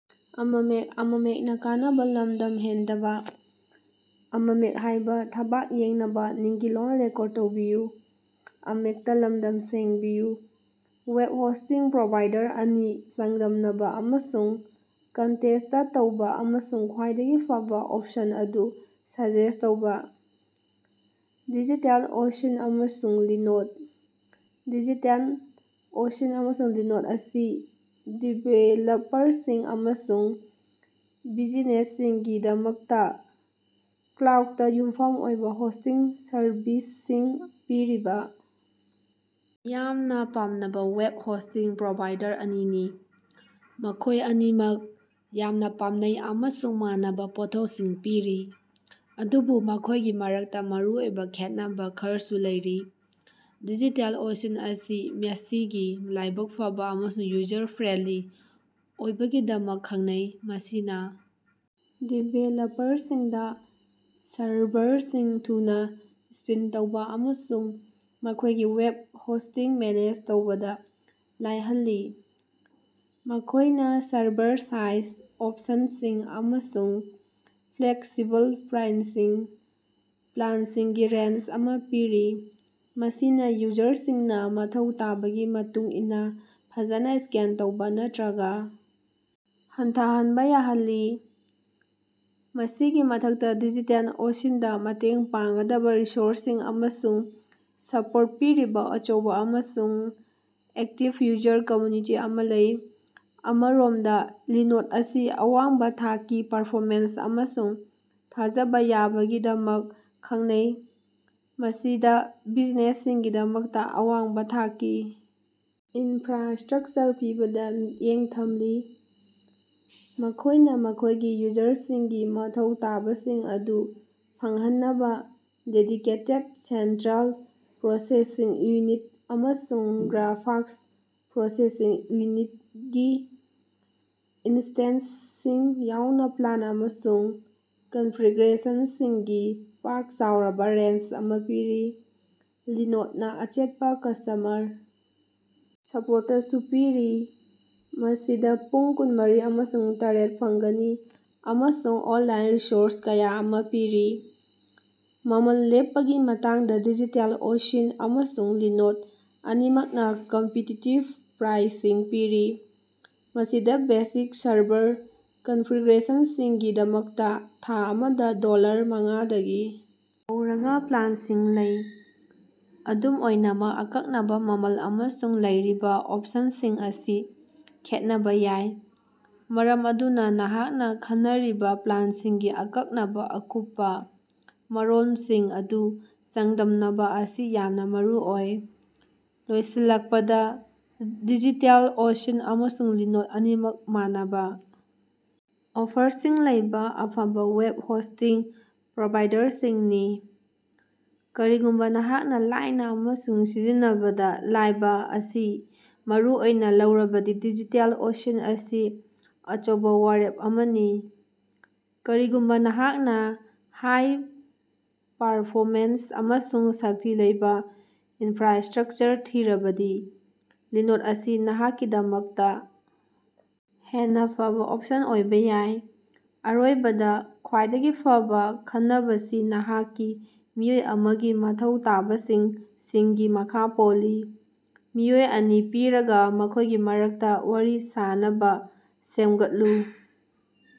Web hosting provider ꯑꯅꯤ ꯆꯥꯡꯗꯝꯅꯕ ꯑꯃꯁꯨꯡ ꯀꯟꯇꯦꯁꯇ ꯇꯧꯕ ꯑꯃꯁꯨꯡ ꯈ꯭ꯋꯥꯏꯗꯒꯤ ꯐꯕ ꯑꯣꯞꯁꯟ ꯑꯗꯨ ꯁꯖꯦꯁ ꯇꯧꯕ꯫ ꯗꯤꯖꯤꯇꯦꯜ ꯑꯣꯁꯤꯟ ꯑꯃꯁꯨꯡ ꯂꯤꯅꯣꯗ꯫ ꯗꯤꯖꯤꯇꯦꯜ ꯑꯣꯁꯤꯟ ꯑꯃꯁꯨꯡ ꯂꯤꯅꯣꯗ ꯑꯁꯤ ꯗꯤꯕꯦꯂꯞꯄꯔꯁꯤꯡ ꯑꯃꯁꯨꯡ ꯕꯤꯖꯤꯅꯦꯁꯁꯤꯡꯒꯤꯗꯃꯛꯇ ꯀ꯭ꯂꯥꯎꯗꯇꯥ ꯌꯨꯝꯐꯝ ꯑꯣꯏꯕ ꯍꯣꯁꯇꯤꯡ ꯁꯔꯕꯤꯁꯁꯤꯡ ꯄꯤꯔꯤꯕ ꯃꯤꯌꯥꯝꯅ ꯄꯥꯝꯅꯕ ꯋꯦꯕ ꯍꯣꯁꯇꯤꯡ ꯄ꯭ꯔꯣꯚꯥꯏꯗꯔ ꯑꯅꯤꯅꯤ꯫ ꯃꯈꯣꯏ ꯑꯅꯤꯃꯛ ꯌꯥꯝꯅꯥ ꯄꯥꯝꯅꯩ ꯑꯃꯁꯨꯡ ꯃꯥꯟꯅꯕꯥ ꯄꯣꯠꯊꯣꯛꯁꯤꯡ ꯄꯤꯔꯤ, ꯑꯗꯨꯕꯨ ꯃꯈꯣꯏꯒꯤ ꯃꯔꯛꯇ ꯃꯔꯨꯑꯣꯏꯕ ꯈꯦꯠꯅꯕ ꯈꯔꯁꯨ ꯂꯩꯔꯤ꯫ ꯗꯤꯖꯤꯇꯦꯜ ꯑꯣꯁꯤꯟ ꯑꯁꯤ ꯃꯁꯤꯒꯤ ꯂꯥꯏꯕꯛ ꯐꯕ ꯑꯃꯁꯨꯡ ꯌꯨꯖꯔ ꯐ꯭ꯔꯦꯟꯗꯂꯤ ꯑꯣꯏꯕꯒꯤꯗꯃꯛ ꯈꯪꯅꯩ, ꯃꯁꯤꯅꯥ ꯗꯤꯕꯦꯂꯄꯔꯁꯤꯡꯗꯥ ꯁꯔꯚꯔꯁꯤꯡ ꯊꯨꯅ ꯁ꯭ꯄꯤꯟ ꯇꯧꯕ ꯑꯃꯁꯨꯡ ꯃꯈꯣꯏꯒꯤ ꯋꯦꯕ ꯍꯣꯁꯇꯤꯡ ꯃꯦꯅꯦꯖ ꯇꯧꯕꯗ ꯂꯥꯏꯍꯜꯂꯤ꯫ ꯃꯈꯣꯏꯅ ꯁꯔꯚꯔ ꯁꯥꯏꯖ ꯑꯣꯞꯁꯟꯁꯤꯡ ꯑꯃꯁꯨꯡ ꯐ꯭ꯂꯦꯛꯁꯤꯕꯜ ꯄ꯭ꯔꯥꯏꯁꯤꯡ ꯄ꯭ꯂꯥꯟꯁꯤꯡꯒꯤ ꯔꯦꯟꯖ ꯑꯃ ꯄꯤꯔꯤ, ꯃꯁꯤꯅꯥ ꯌꯨꯖꯔꯁꯤꯡꯅ ꯃꯊꯧ ꯇꯥꯕꯒꯤ ꯃꯇꯨꯡ ꯏꯟꯅ ꯐꯖꯅ ꯁ꯭ꯀꯦꯜ ꯇꯧꯕ ꯅꯠꯇ꯭ꯔꯒ ꯍꯟꯊꯍꯟꯕ ꯌꯥꯍꯜꯂꯤ꯫ ꯃꯁꯤꯒꯤ ꯃꯊꯛꯇꯥ, ꯗꯤꯖꯤꯇꯦꯜ ꯑꯣꯁꯤꯟꯗ ꯃꯇꯦꯡ ꯄꯥꯡꯒꯗꯕ ꯔꯤꯁꯣꯔꯁꯁꯤꯡ ꯑꯃꯁꯨꯡ ꯁꯄꯣꯔꯠ ꯄꯤꯔꯤꯕꯥ ꯑꯆꯧꯕ ꯑꯃꯁꯨꯡ ꯑꯦꯛꯇꯤꯕ ꯌꯨꯖꯔ ꯀꯝꯃ꯭ꯌꯨꯅꯤꯇꯤ ꯑꯃ ꯂꯩ꯫ ꯑꯃꯔꯣꯃꯗ, ꯂꯤꯅꯣꯗ ꯑꯁꯤ ꯑꯋꯥꯡꯕꯥ ꯊꯥꯛꯀꯤ ꯄꯔꯐꯣꯃꯦꯟꯁ ꯑꯃꯁꯨꯡ ꯊꯥꯖꯕ ꯌꯥꯕꯒꯤꯗꯃꯛ ꯈꯪꯅꯩ꯫ ꯃꯁꯤꯗ ꯕꯤꯖꯤꯅꯦꯁꯁꯤꯡꯒꯤꯗꯃꯛꯇꯥ ꯑꯋꯥꯡꯕꯥ ꯊꯥꯛꯀꯤ ꯏꯅꯐ꯭ꯔꯥꯁ꯭ꯇꯔꯛꯆꯔ ꯄꯤꯕꯗ ꯃꯤꯠꯌꯦꯡ ꯊꯝꯂꯤ꯫ ꯃꯈꯣꯏꯅ ꯃꯈꯣꯏꯒꯤ ꯌꯨꯖꯔꯁꯤꯡꯒꯤ ꯃꯊꯧ ꯇꯥꯕꯁꯤꯡ ꯑꯗꯨ ꯐꯪꯍꯟꯅꯕ ꯗꯦꯗꯤꯀꯦꯇꯦꯗ ꯁꯦꯟꯇ꯭ꯔꯦꯜ ꯄ꯭ꯔꯣꯁꯦꯁꯤꯡ ꯎꯅꯤꯠ ꯑꯃꯁꯨꯡ ꯒ꯭ꯔꯥꯐꯥꯛꯁ ꯄ꯭ꯔꯣꯁꯦꯁꯤꯡ ꯎꯅꯤꯠ ꯒꯤ ꯏꯟꯁꯇꯦꯟꯁꯁꯤꯡ ꯌꯥꯎꯅ ꯄ꯭ꯂꯥꯟ ꯑꯃꯁꯨꯡ ꯀꯟꯐꯤꯒ꯭ꯔꯦꯁꯟꯁꯤꯡꯒꯤ ꯄꯥꯛ ꯆꯥꯎꯔꯕꯥ ꯔꯦꯟꯖ ꯑꯃ ꯄꯤꯔꯤ꯫ ꯂꯤꯅꯣꯗꯅꯥ ꯑꯆꯦꯠꯄ ꯀꯁ꯭ꯇꯃꯔ ꯁꯄꯣꯔꯇꯁꯨ ꯄꯤꯔꯤ, ꯃꯁꯤꯗꯥ ꯄꯨꯡ ꯀꯨꯟꯃꯔꯤ ꯑꯃꯁꯨꯡ ꯇꯔꯦꯠ ꯐꯪꯒꯅꯤ ꯑꯃꯁꯨꯡ ꯑꯣꯟꯂꯥꯏꯟ ꯔꯤꯁꯣꯔꯁ ꯀꯌꯥ ꯑꯃ ꯄꯤꯔꯤ꯫ ꯃꯃꯜ ꯂꯦꯞꯄꯒꯤ ꯃꯇꯥꯡꯗ, ꯗꯤꯖꯤꯇꯦꯜ ꯑꯣꯁꯤꯟ ꯑꯃꯁꯨꯡ ꯂꯤꯅꯣꯗ ꯑꯅꯤꯃꯛꯅꯥ ꯀꯝꯄꯤꯇꯤꯇꯤꯕ ꯄ꯭ꯔꯥꯏꯁꯤꯡ ꯄꯤꯔꯤ, ꯃꯁꯤꯗꯥ ꯕꯦꯁꯤꯛ ꯁꯔꯚꯔ ꯀꯟꯐꯤꯒ꯭ꯔꯦꯁꯟꯁꯤꯡꯒꯤꯗꯃꯛꯇꯥ ꯊꯥ ꯑꯃꯗꯥ ꯗꯣꯂꯔ ꯃꯉꯥꯗꯒꯤ ꯍꯧꯔꯒ ꯄ꯭ꯂꯥꯟꯁꯤꯡ ꯂꯩ꯫ ꯑꯗꯨꯝ ꯑꯣꯏꯅꯃꯛ, ꯑꯀꯛꯅꯕ ꯃꯃꯜ ꯑꯃꯁꯨꯡ ꯂꯩꯔꯤꯕꯥ ꯑꯣꯞꯁꯟꯁꯤꯡ ꯑꯁꯤ ꯈꯦꯠꯅꯕ ꯌꯥꯏ, ꯃꯔꯝ ꯑꯗꯨꯅ ꯅꯍꯥꯛꯅ ꯈꯟꯅꯔꯤꯕ ꯄ꯭ꯂꯥꯟꯁꯤꯡꯒꯤ ꯑꯀꯛꯅꯕ ꯑꯀꯨꯞꯄ ꯃꯔꯣꯜꯁꯤꯡ ꯑꯗꯨ ꯆꯥꯡꯗꯝꯅꯕ ꯑꯁꯤ ꯌꯥꯝꯅꯥ ꯃꯔꯨꯑꯣꯏ꯫ ꯂꯣꯏꯁꯤꯜꯂꯛꯄꯗ, ꯗꯤꯖꯤꯇꯦꯜ ꯑꯣꯁꯤꯟ ꯑꯃꯁꯨꯡ ꯂꯤꯅꯣꯗ ꯑꯅꯤꯃꯛ ꯃꯥꯟꯅꯕ ꯑꯣꯐꯔꯁꯤꯡ ꯂꯩꯕ ꯑꯐꯕꯥ ꯋꯦꯕ ꯍꯣꯁꯇꯤꯡ ꯄ꯭ꯔꯣꯚꯥꯏꯗꯔꯁꯤꯡꯅꯤ꯫ ꯀꯔꯤꯒꯨꯝꯕ ꯅꯍꯥꯛꯅ ꯂꯥꯏꯅ ꯑꯃꯁꯨꯡ ꯁꯤꯖꯤꯟꯅꯕꯗ ꯂꯥꯏꯕ ꯑꯁꯤ ꯃꯔꯨ ꯑꯣꯏꯅ ꯂꯧꯔꯕꯗꯤ ꯗꯤꯖꯤꯇꯦꯜ ꯑꯣꯁꯤꯟ ꯑꯁꯤ ꯑꯆꯧꯕ ꯋꯥꯔꯦꯞ ꯑꯃꯅꯤ꯫ ꯀꯔꯤꯒꯨꯝꯕ ꯅꯍꯥꯛꯅ ꯍꯥꯏ-ꯄꯥꯔꯐꯣꯔꯃꯦꯟꯁ ꯑꯃꯁꯨꯡ ꯁꯛꯇꯤ ꯂꯩꯕ ꯏꯟꯐ꯭ꯔꯥꯁꯇ꯭ꯔꯛꯆꯔ ꯊꯤꯔꯕꯗꯤ, ꯂꯤꯅꯣꯗ ꯑꯁꯤ ꯅꯍꯥꯛꯀꯤꯗꯃꯛꯇ ꯍꯦꯟꯅꯥ ꯐꯕ ꯑꯣꯞꯁꯟ ꯑꯣꯏꯕ ꯌꯥꯏ꯫ ꯑꯔꯣꯏꯕꯗ, ꯈ꯭ꯋꯥꯏꯗꯒꯤ ꯐꯕ ꯈꯟꯅꯕꯁꯤ ꯅꯍꯥꯛꯀꯤ ꯃꯤꯑꯣꯏ ꯑꯃꯒꯤ ꯃꯊꯧ ꯇꯥꯕꯁꯤꯡ ꯁꯤꯡꯒꯤ ꯃꯈꯥ ꯄꯣꯜꯂꯤ꯫ ꯃꯤꯑꯣꯏ ꯑꯅꯤ ꯄꯤꯔꯒꯥ ꯃꯈꯣꯏꯒꯤ ꯃꯔꯛꯇ ꯋꯥꯔꯤ ꯁꯥꯅꯕ ꯁꯦꯝꯒꯠꯂꯨ꯫